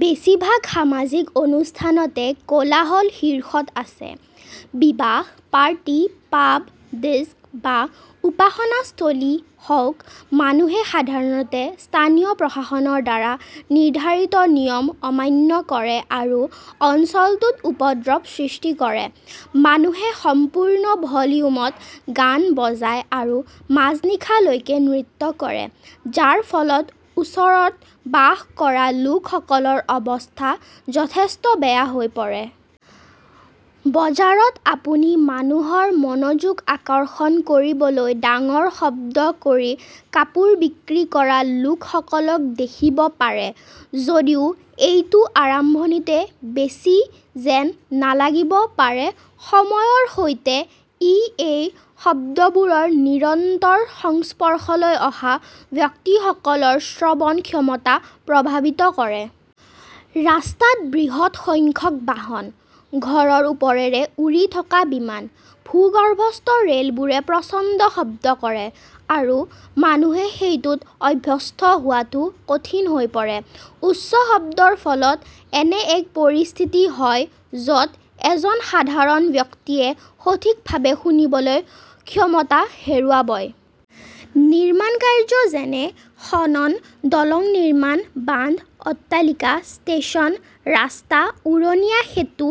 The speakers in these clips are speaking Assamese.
বেছিভাগ সামাজিক অনুষ্ঠানতে কোলাহল শীৰ্ষত আছে। বিবাহ, পাৰ্টি, পাব, ডিস্ক বা উপাসনাস্থলী হওঁক, মানুহে সাধাৰণতে স্থানীয় প্ৰশাসনৰ দ্বাৰা নিৰ্ধাৰিত নিয়ম অমান্য কৰে আৰু অঞ্চলটোত উপদ্ৰৱ সৃষ্টি কৰে। মানুহে সম্পূৰ্ণ ভলিউমত গান বজায় আৰু মাজনিশালৈকে নৃত্য কৰে, যাৰ ফলত ওচৰত বাস কৰা লোকসকলৰ অৱস্থা যথেষ্ট বেয়া হৈ পৰে। বজাৰত, আপুনি মানুহৰ মনোযোগ আকৰ্ষণ কৰিবলৈ ডাঙৰ শব্দ কৰি কাপোৰ বিক্ৰী কৰা লোকসকলক দেখিব পাৰে। যদিও এইটো আৰম্ভণিতে বেছি যেন নালাগিব পাৰে, সময়ৰ সৈতে, ই এই শব্দবোৰৰ নিৰন্তৰ সংস্পৰ্শলৈ অহা ব্যক্তিসকলৰ শ্ৰৱণ ক্ষমতা প্ৰভাৱিত কৰে। ৰাস্তাত বৃহৎ সংখ্যক বাহন, ঘৰৰ ওপৰেৰে উৰি থকা বিমান, ভূগৰ্ভস্থ ৰেলবোৰে প্ৰচণ্ড শব্দ কৰে, আৰু মানুহে সেইটোত অভ্যস্ত হোৱাটো কঠিন হৈ পৰে। উচ্চ শব্দৰ ফলত এনে এক পৰিস্থিতি হয় য'ত এজন সাধাৰণ ব্যক্তিয়ে সঠিকভাৱে শুনিবলৈ ক্ষমতা হেৰুৱয়। নিৰ্মাণকাৰ্যযেনে খনন, দলং নিৰ্মাণ, বান্ধ, অট্টালিকা, ষ্টেচন, ৰাস্তা, উৰণীয়া সেঁতু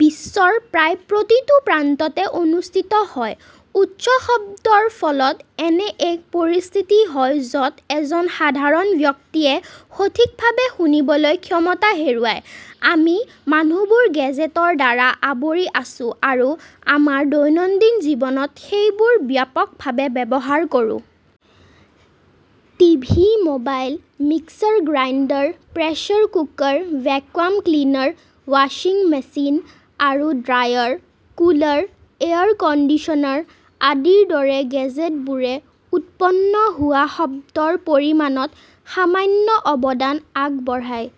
বিশ্বৰ প্ৰায় প্ৰতিটো প্ৰান্ততে অনুষ্ঠিত হয়। উচ্চ শব্দৰ ফলত এনে এক পৰিস্থিতি হয় য'ত এজন সাধাৰণ ব্যক্তিয়ে সঠিকভাৱে শুনিবলৈ ক্ষমতা হেৰুৱায়। আমি মানুহবোৰ গেজেটৰ দ্বাৰা আৱৰি আছোঁ আৰু আমাৰ দৈনন্দিন জীৱনত সেইবোৰ ব্যাপকভাৱে ব্যৱহাৰ কৰোঁ। TV, mobile, mixer grinder, pressure cooker, vacuum cleaner, ৱাছিং মেচিন আৰু ড্ৰায়াৰ, কুলাৰ, এয়াৰ কণ্ডিচনাৰ আদিৰ দৰে গেজেটবোৰে উৎপন্ন হোৱা শব্দৰ পৰিমাণত সামান্য অৱদান আগবঢ়ায়।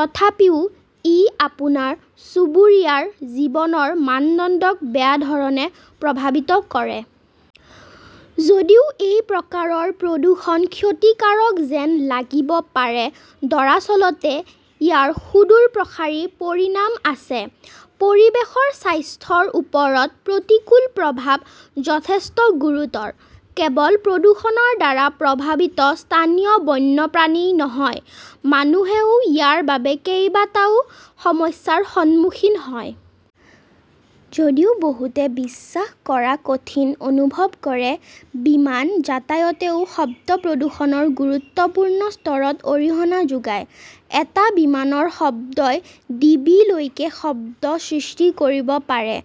তথাপিও, ই আপোনাৰ চুবুৰীয়াৰ জীৱনৰ মানদণ্ডক বেয়াধৰণে প্ৰভাৱিত কৰে। যদিও এই প্ৰকাৰৰ প্ৰদূষণ ক্ষতিকাৰক যেন লাগিব পাৰে, দৰাচলতে ইয়াৰ সুদূৰপ্ৰসাৰী পৰিণাম আছে। পৰিৱেশৰ স্বাস্থ্যৰ ওপৰত প্ৰতিকূল প্ৰভাৱ যথেষ্ট গুৰুতৰ। কেৱল প্ৰদূষণৰ দ্বাৰা প্ৰভাৱিত স্থানীয় বন্যপ্ৰাণীই নহয়, মানুহেও ইয়াৰ বাবে কেইবাটাও সমস্যাৰ সন্মুখীন হয়। যদিও বহুতে বিশ্বাস কৰাকঠিন অনুভৱ কৰে, বিমান যাতায়তেও শব্দ প্ৰদূষণৰ গুৰুত্বপূৰ্ণ স্তৰত অৰিহণা যোগায়। এটা বিমানৰ শব্দই ডিবি লৈকে শব্দ সৃষ্টি কৰিব পাৰে।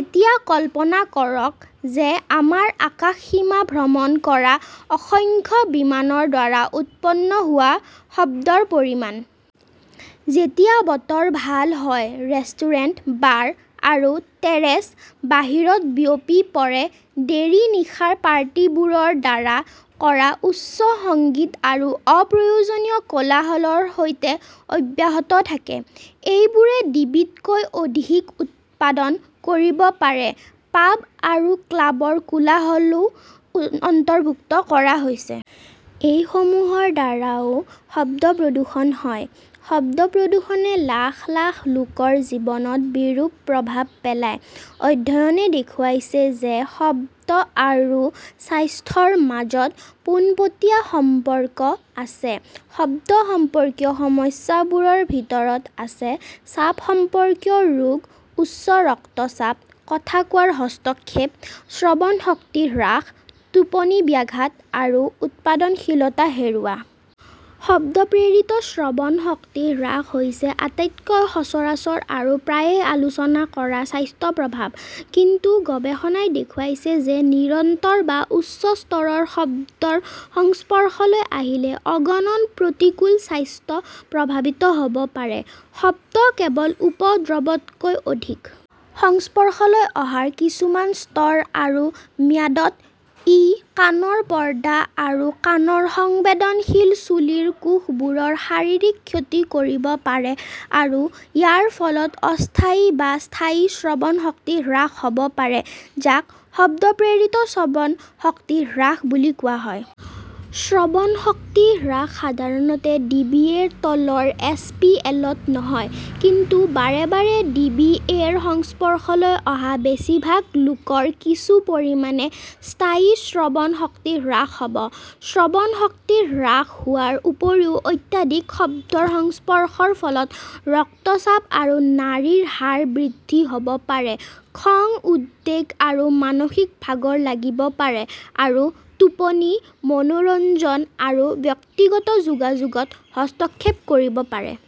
এতিয়া, কল্পনা কৰক যে আমাৰ আকাশসীমাভ্ৰমণ কৰা অসংখ্য বিমানৰ দ্বাৰা উৎপন্ন হোৱা শব্দৰ পৰিমাণ। যেতিয়া বতৰ ভাল হয়, ৰেষ্টুৰেণ্ট, বাৰ আৰু টেৰেচ বাহিৰত বিয়পি পৰে। দেৰি নিশাৰ পাৰ্টিবোৰৰ দ্বাৰা কৰা উচ্চ সংগীত আৰু অপ্ৰয়োজনীয় কোলাহলৰ সৈতে অব্যাহত থাকে। এইবোৰে ডিবিতকৈ অধিক উৎপাদন কৰিব পাৰে। পাব আৰু ক্লাবৰ কোলাহলও অন্তৰ্ভুক্ত কৰা হৈছে। এই সমূহৰ দ্বাৰাও শব্দ প্ৰদূষণ হয়। শব্দ প্ৰদূষণে লাখ লাখ লোকৰ জীৱনত বিৰূপ প্ৰভাৱ পেলায়। অধ্যয়নে দেখুৱাইছে যে শব্দ আৰু স্বাস্থ্যৰ মাজত পোনপটীয়া সম্পৰ্ক আছে। শব্দ সম্পৰ্কীয় সমস্যাবোৰৰ ভিতৰত আছে চাপ সম্পৰ্কীয় ৰোগ, উচ্চ ৰক্তচাপ, কথা কোৱাৰ হস্তক্ষেপ, শ্ৰৱণ শক্তি হ্ৰাস, টোপনিব্যাঘাত, আৰু উৎপাদনশীলতা হেৰুওৱা। শব্দ প্ৰেৰিত শ্ৰৱণ শক্তি হ্ৰাস হৈছে আটাইতকৈ সচৰাচৰ আৰু প্ৰায়ে আলোচনা কৰা স্বাস্থ্যপ্ৰভাৱ, কিন্তু গৱেষণাই দেখুৱাইছে যে নিৰন্তৰ বা উচ্চ স্তৰৰ শব্দৰ সংস্পৰ্শলৈ আহিলে অগণন প্ৰতিকূল স্বাস্থ্য প্ৰভাৱিত হ'ব পাৰে। শব্দ কেৱল উপদ্ৰৱতকৈ অধিক। সংস্পৰ্শলৈ অহাৰ কিছুমান স্তৰ আৰু ম্যাদত, ই কাণৰ পৰ্দা আৰু কাণৰ সংবেদনশীল চুলিৰ কোষবোৰৰ শাৰীৰিক ক্ষতি কৰিব পাৰে আৰু ইয়াৰ ফলত অস্থায়ী বা স্থায়ী শ্ৰৱণ শক্তি হ্ৰাস হ'ব পাৰে, যাক শব্দ-প্ৰেৰিত শ্ৰৱণ শক্তি হ্ৰাস বুলি কোৱা হয়। শ্ৰৱণ শক্তি হ্ৰাস সাধাৰণতে ডিবিএ-ৰ তলৰ এছ. পি. এল. -ত নহয়, কিন্তু বাৰে বাৰে ডি. বি. এ. -ৰ সংস্পৰ্শলৈ অহা বেছিভাগ লোকৰ কিছু পৰিমাণে স্থায়ী শ্ৰৱণ শক্তি হ্ৰাস হ'ব। শ্ৰৱণ শক্তি হ্ৰাস হোৱাৰ উপৰিও, অত্যাধিক শব্দৰ সংস্পৰ্শৰ ফলত ৰক্তচাপ আৰু নাড়ীৰ হাৰ বৃদ্ধি হ'ব পাৰে, খং, উদ্বেগ আৰু মানসিক ভাগৰ লাগিব পাৰে, আৰু টোপনি, মনোৰঞ্জন আৰু ব্যক্তিগত যোগাযোগত হস্তক্ষেপ কৰিব পাৰে।